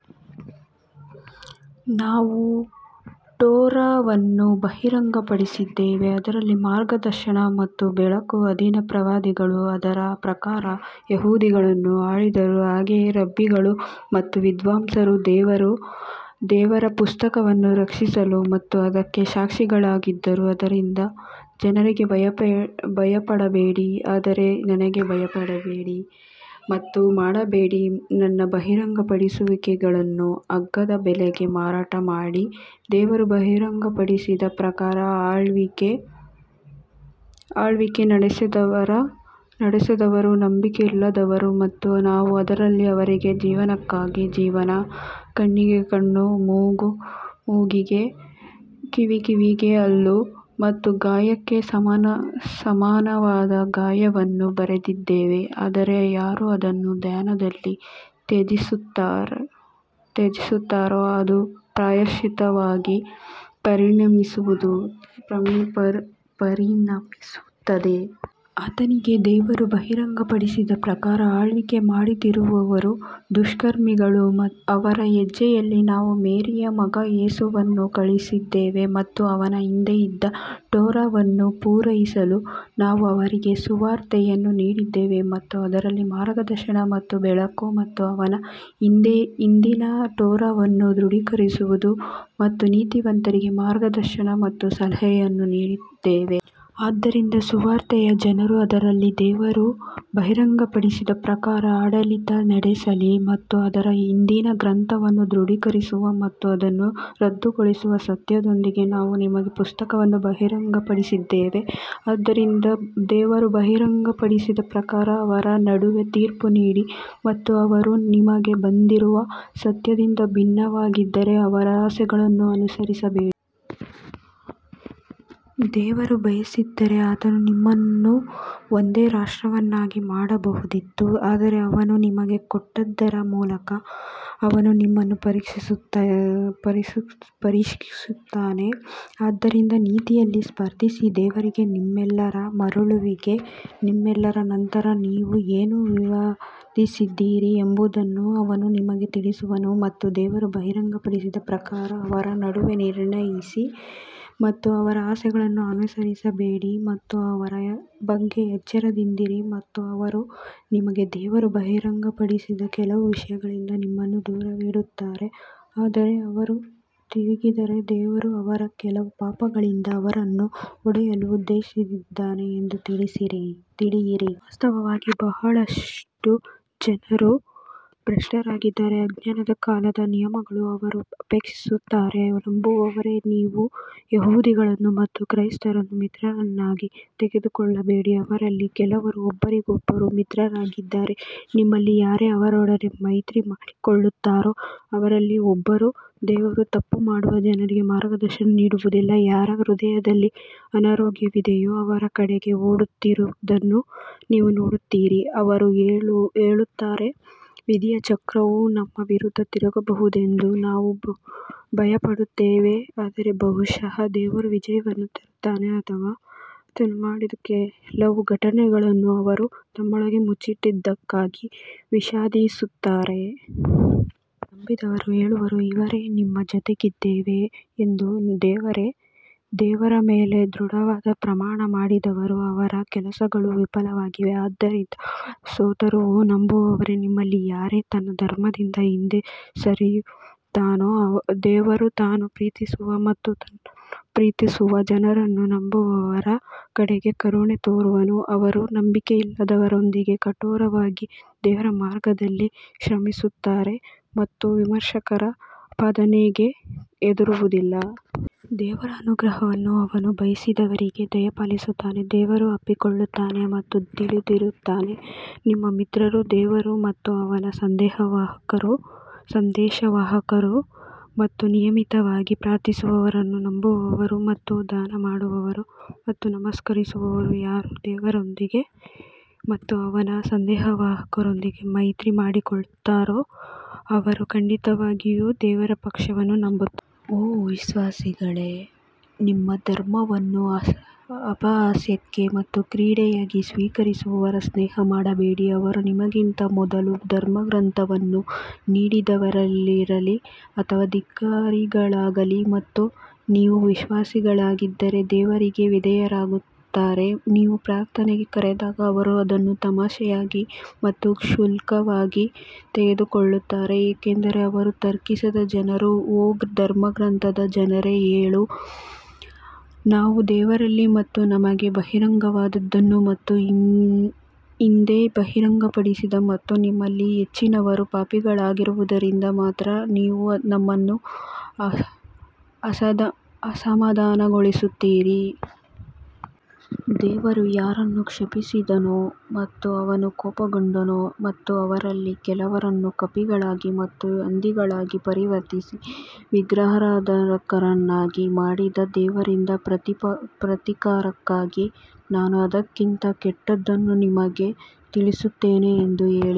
ನಾವು ಟೋರಾವನ್ನು ಬಹಿರಂಗಪಡಿಸಿದ್ದೇವೆ ಅದರಲ್ಲಿ ಮಾರ್ಗದರ್ಶನ ಮತ್ತು ಬೆಳಕು ಅಧೀನ ಪ್ರವಾದಿಗಳು ಅದರ ಪ್ರಕಾರ ಯಹೂದಿಗಳನ್ನು ಆಳಿದರು, ಹಾಗೆಯೇ ರಬ್ಬಿಗಳು ಮತ್ತು ವಿದ್ವಾಂಸರು ದೇವರ ಪುಸ್ತಕವನ್ನು ರಕ್ಷಿಸಲು ಮತ್ತು ಅದಕ್ಕೆ ಸಾಕ್ಷಿಗಳಾಗಿದ್ದರು ಆದ್ದರಿಂದ ಜನರಿಗೆ ಭಯಪಡಬೇಡಿ ಆದರೆ ನನಗೆ ಭಯಪಡಬೇಡಿ ಮತ್ತು ಮಾಡಬೇಡಿ. ನನ್ನ ಬಹಿರಂಗಪಡಿಸುವಿಕೆಗಳನ್ನು ಅಗ್ಗದ ಬೆಲೆಗೆ ಮಾರಾಟ ಮಾಡಿ ದೇವರು ಬಹಿರಂಗಪಡಿಸಿದ ಪ್ರಕಾರ ಆಳ್ವಿಕೆ ನಡೆಸದವರು ನಂಬಿಕೆಯಿಲ್ಲದವರು ಮತ್ತು ನಾವು ಅದರಲ್ಲಿ ಅವರಿಗೆ ಜೀವನಕ್ಕಾಗಿ ಜೀವನ, ಕಣ್ಣಿಗೆ ಕಣ್ಣು, ಮೂಗು, ಮೂಗಿಗೆ ಕಿವಿ ಕಿವಿಗೆ ಹಲ್ಲು ಮತ್ತು ಗಾಯಕ್ಕೆ ಸಮಾನವಾದ ಗಾಯವನ್ನು ಬರೆದಿದ್ದೇವೆ ಆದರೆ ಯಾರು ಅದನ್ನು ದಾನದಲ್ಲಿ ತ್ಯಜಿಸುತ್ತಾರೋ ಅದು ಪ್ರಾಯಶ್ಚಿತ್ತವಾಗಿ ಪರಿಣಮಿಸುತ್ತದೆ. ಆತನಿಗೆ ದೇವರು ಬಹಿರಂಗಪಡಿಸಿದ ಪ್ರಕಾರ ಆಳ್ವಿಕೆ ಮಾಡದಿರುವವರು ದುಷ್ಕರ್ಮಿಗಳು ಅವರ ಹೆಜ್ಜೆಯಲ್ಲಿ ನಾವು ಮೇರಿಯ ಮಗ ಯೇಸುವನ್ನು ಕಳುಹಿಸಿದ್ದೇವೆ ಮತ್ತು ಅವನ ಹಿಂದೆ ಇದ್ದ ಟೋರಾವನ್ನು ಪೂರೈಸಲು ನಾವು ಅವರಿಗೆ ಸುವಾರ್ತೆಯನ್ನು ನೀಡಿದ್ದೇವೆ ಮತ್ತು ಅದರಲ್ಲಿ ಮಾರ್ಗದರ್ಶನ ಮತ್ತು ಬೆಳಕು ಮತ್ತು ಅವನ ಹಿಂದಿನ ಟೋರಾವನ್ನು ದೃಢೀಕರಿಸುವುದು ಮತ್ತು ನೀತಿವಂತರಿಗೆ ಮಾರ್ಗದರ್ಶನ ಮತ್ತು ಸಲಹೆಯನ್ನು ನೀಡಿದ್ದೇವೆ. ಆದ್ದರಿಂದ ಸುವಾರ್ತೆಯ ಜನರು ಅದರಲ್ಲಿ ದೇವರು ಬಹಿರಂಗಪಡಿಸಿದ ಪ್ರಕಾರ ಆಡಳಿತ ನಡೆಸಲಿ ಮತ್ತು ಅದರ ಹಿಂದಿನ ಗ್ರಂಥವನ್ನು ದೃಢೀಕರಿಸುವ ಮತ್ತು ಅದನ್ನು ರದ್ದುಗೊಳಿಸುವ ಸತ್ಯದೊಂದಿಗೆ ನಾವು ನಿಮಗೆ ಪುಸ್ತಕವನ್ನು ಬಹಿರಂಗಪಡಿಸಿದ್ದೇವೆ ಆದ್ದರಿಂದ ದೇವರು ಬಹಿರಂಗಪಡಿಸಿದ ಪ್ರಕಾರ ಅವರ ನಡುವೆ ತೀರ್ಪು ನೀಡಿ ಮತ್ತು ಅವರು ನಿಮಗೆ ಬಂದಿರುವ ಸತ್ಯದಿಂದ ಭಿನ್ನವಾಗಿದ್ದರೆ ಅವರ ಆಸೆಗಳನ್ನು ಅನುಸರಿಸಬೇಡಿ. ದೇವರು ಬಯಸಿದ್ದರೆ ಆತನು ನಿಮ್ಮನ್ನು ಒಂದೇ ರಾಷ್ಟ್ರವನ್ನಾಗಿ ಮಾಡಬಹುದಿತ್ತು ಆದರೆ ಅವನು ನಿಮಗೆ ಕೊಟ್ಟದ್ದರ ಮೂಲಕ ಅವನು ನಿಮ್ಮನ್ನು ಪರೀಕ್ಷಿಸುತ್ತಾನೆ ಆದ್ದರಿಂದ ನೀತಿಯಲ್ಲಿ ಸ್ಪರ್ಧಿಸಿ ದೇವರಿಗೆ ನಿಮ್ಮೆಲ್ಲರ ಮರಳುವಿಕೆ ನಿಮ್ಮೆಲ್ಲರ ನಂತರ ನೀವು ಏನು ವಿವಾದಿಸಿದ್ದೀರಿ ಎಂಬುದನ್ನು ಅವನು ನಿಮಗೆ ತಿಳಿಸುವನು. ಮತ್ತು ದೇವರು ಬಹಿರಂಗಪಡಿಸಿದ ಪ್ರಕಾರ ಅವರ ನಡುವೆ ನಿರ್ಣಯಿಸಿ ಮತ್ತು ಅವರ ಆಸೆಗಳನ್ನು ಅನುಸರಿಸಬೇಡಿ ಮತ್ತು ಅವರ ಬಗ್ಗೆ ಎಚ್ಚರದಿಂದಿರಿ ಮತ್ತು ಅವರು ನಿಮಗೆ ದೇವರು ಬಹಿರಂಗಪಡಿಸಿದ ಕೆಲವು ವಿಷಯಗಳಿಂದ ನಿಮ್ಮನ್ನು ದೂರವಿಡುತ್ತಾರೆ ಆದರೆ ಅವರು ತಿರುಗಿದರೆ ದೇವರು ಅವರ ಕೆಲವು ಪಾಪಗಳಿಂದ ಅವರನ್ನು ಹೊಡೆಯಲು ಉದ್ದೇಶಿಸಿದ್ದಾನೆ ಎಂದು ತಿಳಿಯಿರಿ. ವಾಸ್ತವವಾಗಿ ಬಹಳಷ್ಟು ಜನರು ಭ್ರಷ್ಟರಾಗಿದ್ದಾರೆ ಅಜ್ಞಾನದ ಕಾಲದ ನಿಯಮಗಳು ಅವರು ಅಪೇಕ್ಷಿಸುತ್ತಾರೆಯೇ? ಓ ನಂಬುವವರೇ ನೀವು ಯಹೂದಿಗಳನ್ನು ಮತ್ತು ಕ್ರೈಸ್ತರನ್ನು ಮಿತ್ರರನ್ನಾಗಿ ತೆಗೆದುಕೊಳ್ಳಬೇಡಿ ಅವರಲ್ಲಿ ಕೆಲವರು ಒಬ್ಬರಿಗೊಬ್ಬರು ಮಿತ್ರರಾಗಿದ್ದಾರೆ ನಿಮ್ಮಲ್ಲಿ ಯಾರೇ ಅವರೊಡನೆ ಮೈತ್ರಿ ಮಾಡಿಕೊಳ್ಳುತ್ತಾರೋ ಅವರಲ್ಲಿ ಒಬ್ಬರು ದೇವರು ತಪ್ಪು ಮಾಡುವ ಜನರಿಗೆ ಮಾರ್ಗದರ್ಶನ ನೀಡುವುದಿಲ್ಲ ಯಾರ ಹೃದಯದಲ್ಲಿ ಅನಾರೋಗ್ಯವಿದೆಯೋ ಅವರ ಕಡೆಗೆ ಓಡುತ್ತಿರುವುದನ್ನು ನೀವು ನೋಡುತ್ತೀರಿ ಅವರು ಹೇಳುತ್ತಾರೆ, ವಿಧಿಯ ಚಕ್ರವು ನಮ್ಮ ವಿರುದ್ಧ ತಿರುಗಬಹುದೆಂದು ನಾವು ಭಯಪಡುತ್ತೇವೆ ಆದರೆ ಬಹುಶಃ ದೇವರು ವಿಜಯವನ್ನು ತರುತ್ತಾನೆ ಅಥವಾ ಆತನು ಮಾಡಿದ ಕೆಲವು ಘಟನೆಗಳನ್ನು ಅವರು ತಮ್ಮೊಳಗೆ ಮುಚ್ಚಿಟ್ಟದ್ದಕ್ಕಾಗಿ ವಿಷಾದಿಸುತ್ತಾರೆ. ನಂಬಿದವರು ಹೇಳುವರು ಇವರೇ ನಿಮ್ಮ ಜೊತೆಗಿದ್ದೇವೆ ಎಂದು ದೇವರ ಮೇಲೆ ದೃಢವಾದ ಪ್ರಮಾಣ ಮಾಡಿದವರು ಅವರ ಕೆಲಸಗಳು ವಿಫಲವಾಗಿವೆ ಆದ್ದರಿಂದ ಅವರು ಸೋತರು ಓ ನಂಬುವವರೇ, ನಿಮ್ಮಲ್ಲಿ ಯಾರೇ ತನ್ನ ಧರ್ಮದಿಂದ ಹಿಂದೆ ಸರಿಯುತ್ತಾನೋ, ದೇವರು ತಾನು ಪ್ರೀತಿಸುವ ಮತ್ತು ತನ್ನನ್ನು ಪ್ರೀತಿಸುವ ಜನರನ್ನು ನಂಬುವವರ ಕಡೆಗೆ ಕರುಣೆ ತೋರುವನು, ಅವರು ನಂಬಿಕೆಯಿಲ್ಲದವರೊಂದಿಗೆ ಕಠೋರವಾಗಿ ದೇವರ ಮಾರ್ಗದಲ್ಲಿ ಶ್ರಮಿಸುತ್ತಾರೆ ಮತ್ತು ವಿಮರ್ಶಕರ ಆಪಾದನೆಗೆ ಹೆದರುವುದಿಲ್ಲ. ದೇವರ ಅನುಗ್ರಹವನ್ನು ಅವನು ಬಯಸಿದವರಿಗೆ ದಯಪಾಲಿಸುತ್ತಾನೆ ದೇವರು ಅಪ್ಪಿಕೊಳ್ಳುತ್ತಾನೆ ಮತ್ತು ತಿಳಿದಿರುತ್ತಾನೆ ನಿಮ್ಮ ಮಿತ್ರರು ದೇವರು ಮತ್ತು ಅವನ ಸಂದೇಶವಾಹಕರು ಮತ್ತು ನಿಯಮಿತವಾಗಿ ಪ್ರಾರ್ಥಿಸುವವರನ್ನು ನಂಬುವವರು ಮತ್ತು ದಾನ ಮಾಡುವವರು ಮತ್ತು ನಮಸ್ಕರಿಸುವವರು ಯಾರು ದೇವರೊಂದಿಗೆ ಮತ್ತು ಅವನ ಸಂದೇಶವಾಹಕರೊಂದಿಗೆ ಮೈತ್ರಿ ಮಾಡಿಕೊಳ್ಳುತ್ತಾರೋ ಅವರು ಖಂಡಿತವಾಗಿಯೂ ದೇವರ ಪಕ್ಷವನ್ನು ನಂಬುತ್ತಾರೆ. ಓ ವಿಶ್ವಾಸಿಗಳೇ, ನಿಮ್ಮ ಧರ್ಮವನ್ನು ಅಪಹಾಸ್ಯಕ್ಕೆ ಮತ್ತು ಕ್ರೀಡೆಯಾಗಿ ಸ್ವೀಕರಿಸುವವರ ಸ್ನೇಹ ಮಾಡಬೇಡಿ, ಅವರು ನಿಮಗಿಂತ ಮೊದಲು ಧರ್ಮಗ್ರಂಥವನ್ನು ನೀಡಿದವರಲ್ಲಿರಲಿ ಅಥವಾ ಧಿಕ್ಕಾರಿಗಳಾಗಲಿ ಮತ್ತು ನೀವು ವಿಶ್ವಾಸಿಗಳಾಗಿದ್ದರೆ ದೇವರಿಗೆ ವಿಧೇಯರಾಗುತ್ತಾರೆ. ನೀವು ಪ್ರಾರ್ಥನೆಗೆ ಕರೆದಾಗ ಅವರು ಅದನ್ನು ತಮಾಷೆಯಾಗಿ ಮತ್ತು ಕ್ಷುಲ್ಲಕವಾಗಿ ತೆಗೆದುಕೊಳ್ಳುತ್ತಾರೆ ಏಕೆಂದರೆ ಅವರು ತರ್ಕಿಸದ ಜನರು ಓ ಧರ್ಮಗ್ರಂಥದ ಜನರೇ ಹೇಳು, ನಾವು ದೇವರಲ್ಲಿ ಮತ್ತು ನಮಗೆ ಬಹಿರಂಗವಾದದ್ದನ್ನು ಮತ್ತು ಹಿಂದೆ ಬಹಿರಂಗಪಡಿಸಿದ ಮತ್ತು ನಿಮ್ಮಲ್ಲಿ ಹೆಚ್ಚಿನವರು ಪಾಪಿಗಳಾಗಿರುವುದರಿಂದ ಮಾತ್ರ ನೀವು ನಮ್ಮನ್ನು ಅಸಮಾಧಾನಗೊಳಿಸುತ್ತೀರಾ? ದೇವರು ಯಾರನ್ನು ಶಪಿಸಿದನೋ ಮತ್ತು ಅವನು ಕೋಪಗೊಂಡನು ಮತ್ತು ಅವರಲ್ಲಿ ಕೆಲವರನ್ನು ಕಪಿಗಳಾಗಿ ಮತ್ತು ಹಂದಿಗಳಾಗಿ ಪರಿವರ್ತಿಸಿ ವಿಗ್ರಹಾರಾಧಕರನ್ನಾಗಿ ಮಾಡಿದ ದೇವರಿಂದ ಪ್ರತೀಕಾರಕ್ಕಾಗಿ ನಾನು ಅದಕ್ಕಿಂತ ಕೆಟ್ಟದ್ದನ್ನು ನಿಮಗೆ ತಿಳಿಸುತ್ತೇನೆ ಎಂದು ಹೇಳಿ.